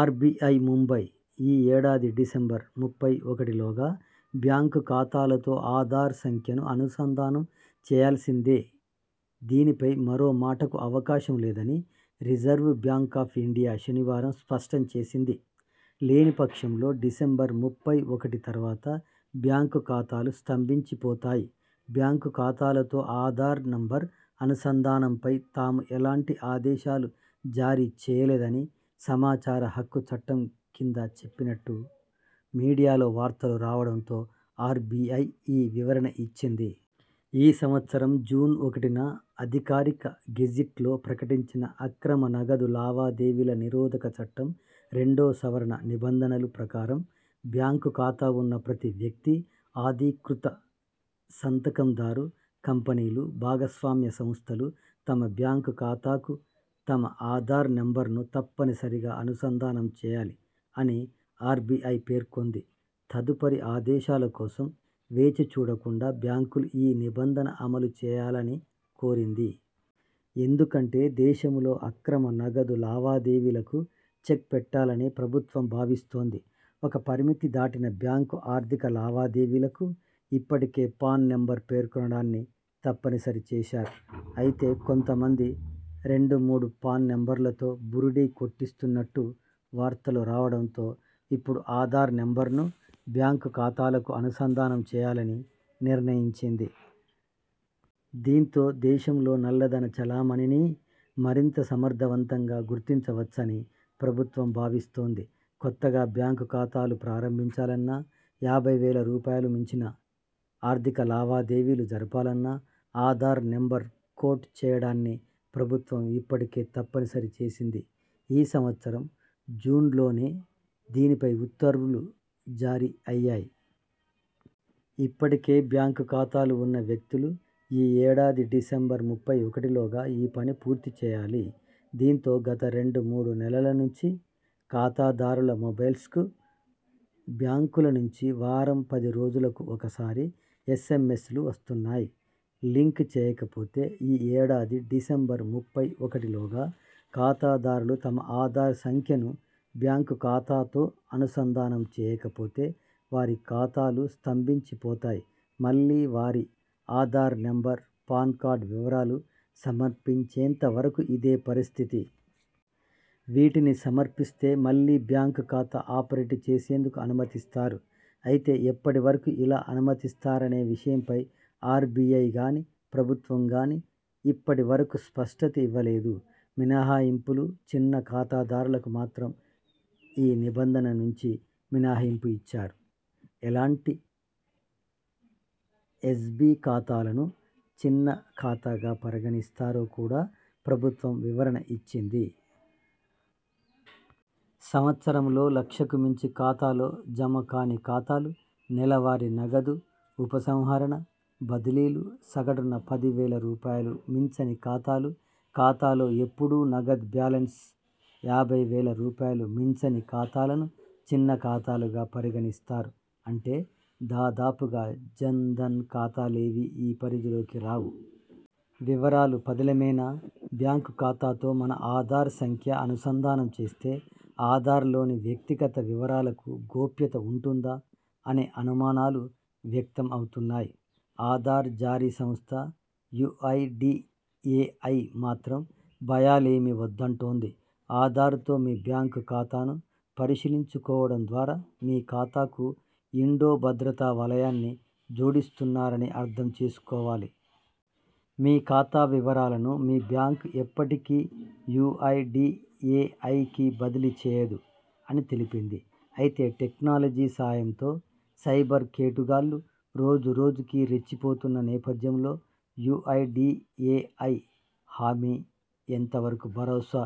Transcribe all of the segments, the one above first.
RBI, Mumbai ఈ ఏడాది December ముప్పై ఒకటిలోగా బ్యాంక్ ఖాతాలతో ఆధార్ సంఖ్యను అనుసంధానం చేయాల్సిందే దీనిపై మరో మాటకు అవకాశం లేదని రిజర్వు బ్యాంక్ ఆఫ్ ఇండియా శనివారం స్పష్టం చేసింది. లేనిపక్షంలో డిసెంబర్ ముప్పై ఒకటి తర్వాత బ్యాంక్ ఖాతాలు స్తంభించిపోతాయి బ్యాంక్ ఖాతాలతో ఆధార్ నంబర్ అనుసంధానంపై తాము ఎలాంటి ఆదేశాలు జారీ చేయలేదని సమాచార హక్కు చట్టం కింద చెప్పినట్టు మీడియాలో వార్తలు రావడంతో ఆర్బిఐ ఈ వివరణ ఇచ్చింది. 'ఈ సంవత్సరం జూన్ ఒకటిన అధికారిక గెజిట్లో ప్రకటించిన 'అక్రమ నగదు లావాదేవీల నిరోధక చట్టం రెండో సవరణ నిబంధనలు ' ప్రకారం బ్యాంకు ఖాతా ఉన్న ప్రతి వ్యక్తి, అధీకృత సంతకందారు, కంపెనీలు, భాగస్వామ్య సంస్థలు తమ బ్యాంక్ ఖాతాకు తమ 'ఆధార్' నంబర్ను తప్పనిసరిగా అనుసంధానం చేయాలి' అని ఆర్బిఐ పేర్కొంది తదుపరి ఆదేశాల కోసం వేచిచూడకుండా బ్యాంకులు ఈ నిబంధన అమలు చేయాలని కోరింది. ఎందుకంటే దేశంలో అక్రమ నగదు లావాదేవీలకు చెక్పెట్టాలని ప్రభుత్వం భావిస్తోంది. ఒక పరిమితి దాటిన బ్యాంక్ ఆర్థిక లావాదేవీలకు ఇప్పటికే 'పాన్' నంబర్ పేర్కొనడాన్ని తప్పనిసరి చేశారు. అయితే కొంత మంది రెండు మూడు పాన్ నంబర్లతో బురిడీ కొట్టిస్తున్నట్టు వార్తలు రావడంతో ఇప్పుడు ఆధార్ నెంబర్నూ బ్యాంక్ ఖాతాలకు అనుసంధానం చేయాలని నిర్ణయించింది. దీంతో దేశంలో నల్లధన చలామణినీ మరింత సమర్థవంతంగా గుర్తించవచ్చని ప్రభుత్వం భావిస్తోంది. కొత్తగా బ్యాంక్ ఖాతాలు ప్రారంభించాలన్నా యాభై వేల రూపాయలుమించిన ఆర్థిక లావాదేవీలు జరపాలన్నా ఆధార్' నెంబర్ కోట్ చేయడాన్ని ప్రభుత్వం ఇప్పటికే తప్పనిసరి చేసింది ఈ సంవత్సరం జూన్లోనే దీనిపై ఉత్తర్వులు జారీ అయ్యాయి. ఇప్పటికే బ్యాంక్ ఖాతాలు ఉన్న వ్యక్తులు ఈ ఏడాది డిసెంబర్ ముప్పై ఒకటిలోగా ఈ పని పూర్తి చేయాలి దీంతో గత రెండు మూడు నెలల నుంచి ఖాతాదారుల మొబైల్స్కు బ్యాంకుల నుంచి వారం పది రోజులకు ఒకసారి ఎస్ఎంఎస్ లు వస్తున్నాయి. లింక్ చేయకపోతే ఈ ఏడాది డిసెంబర్ ముప్పై ఒకటిలోగా ఖాతాదారులు తమ ఆధార్ సంఖ్యను బ్యాంక్ ఖాతాతో అనుసంధానం చేయకపోతే వారి ఖాతాలూ స్తంభించిపోతాయి మళ్లీ వారి ఆధార్ నంబర్, పాన్ కార్డు వివరాలు సమర్పించేంత వరకు ఇదే పరిస్థితి. వీటిని సమర్పిస్తే మళ్లీ బ్యాంక్ ఖాతా ఆపరేట్ చేసేందుకు అనుమతిస్తారు. అయితే ఎప్పటి వరకు ఇలా అనుమతిస్తారనే విషయంపై ఆర్బిఐగానీ, ప్రభుత్వంగాని ఇప్పటి వరకు స్పష్టత ఇవ్వలేదు. మినహాయింపులు చిన్న ఖాతాదారులకు మాత్రం ఈ నిబంధన నుంచి మినహాయింపు ఇచ్చారు. ఎలాంటి ఎస్బి ఖాతాలను చిన్న ఖాతాగా పరిగణిస్తారో కూడా ప్రభుత్వం వివరణ ఇచ్చింది. సంవత్సరంలో లక్షకు మించి ఖాతాలో జమకాని ఖాతాలు, నెలవారీ నగదు ఉపసంహరణ, బదిలీలు సగటున పది వేల రూపాయలు మించని ఖాతాలు, ఖాతాలో ఎప్పుడూ నగదు బ్యాలెన్స్ యాభై వేల రూపాయలు మించని ఖాతాలను చిన్న ఖాతాలుగా పరిగణిస్తారు అంటే దాదాపుగా జన్ ధన్ ఖాతాలేవీ ఈ పరిధిలోకి రావు. వివరాలు పదిలమేనా? బ్యాంక్ ఖాతాతో మన ఆధార్ సంఖ్య అనుసంధానం చేస్తే ఆధార్లోని వ్యక్తిగత వివరాలకు గోప్యత ఉంటుందా? అనే అనుమానాలు వ్యక్తం అవుతున్నాయి. ఆధార్ జారీ సంస్థ యుఐడిఎఐ మాత్రం భయాలేమీ వద్దంటోంది. 'ఆధార్ తో మీ బ్యాంక్ ఖాతాను పరిశీలించుకోవడం ద్వారా మీ ఖాతాకు ఇండో భద్రతా వలయాన్ని జోడిస్తున్నారని అర్థం చేసుకోవాలి. మీ ఖాతా వివరాలను మీ బ్యాంక్ ఎప్పటికీ యుఐడిఎఐకి బదిలీ చేయదు' అని తెలిపింది. అయితే టెక్నాలజీ సాయంతో సైబర్ కేటుగాళ్లు రోజు రోజుకీ రెచ్చిపోతున్న నేపథ్యంలో యుఐడిఎఐ హామీ ఎంత వరకు భరోసా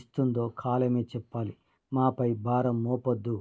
ఇస్తుందో కాలమే చెప్పాలి. మాపై భారం మోపొద్దు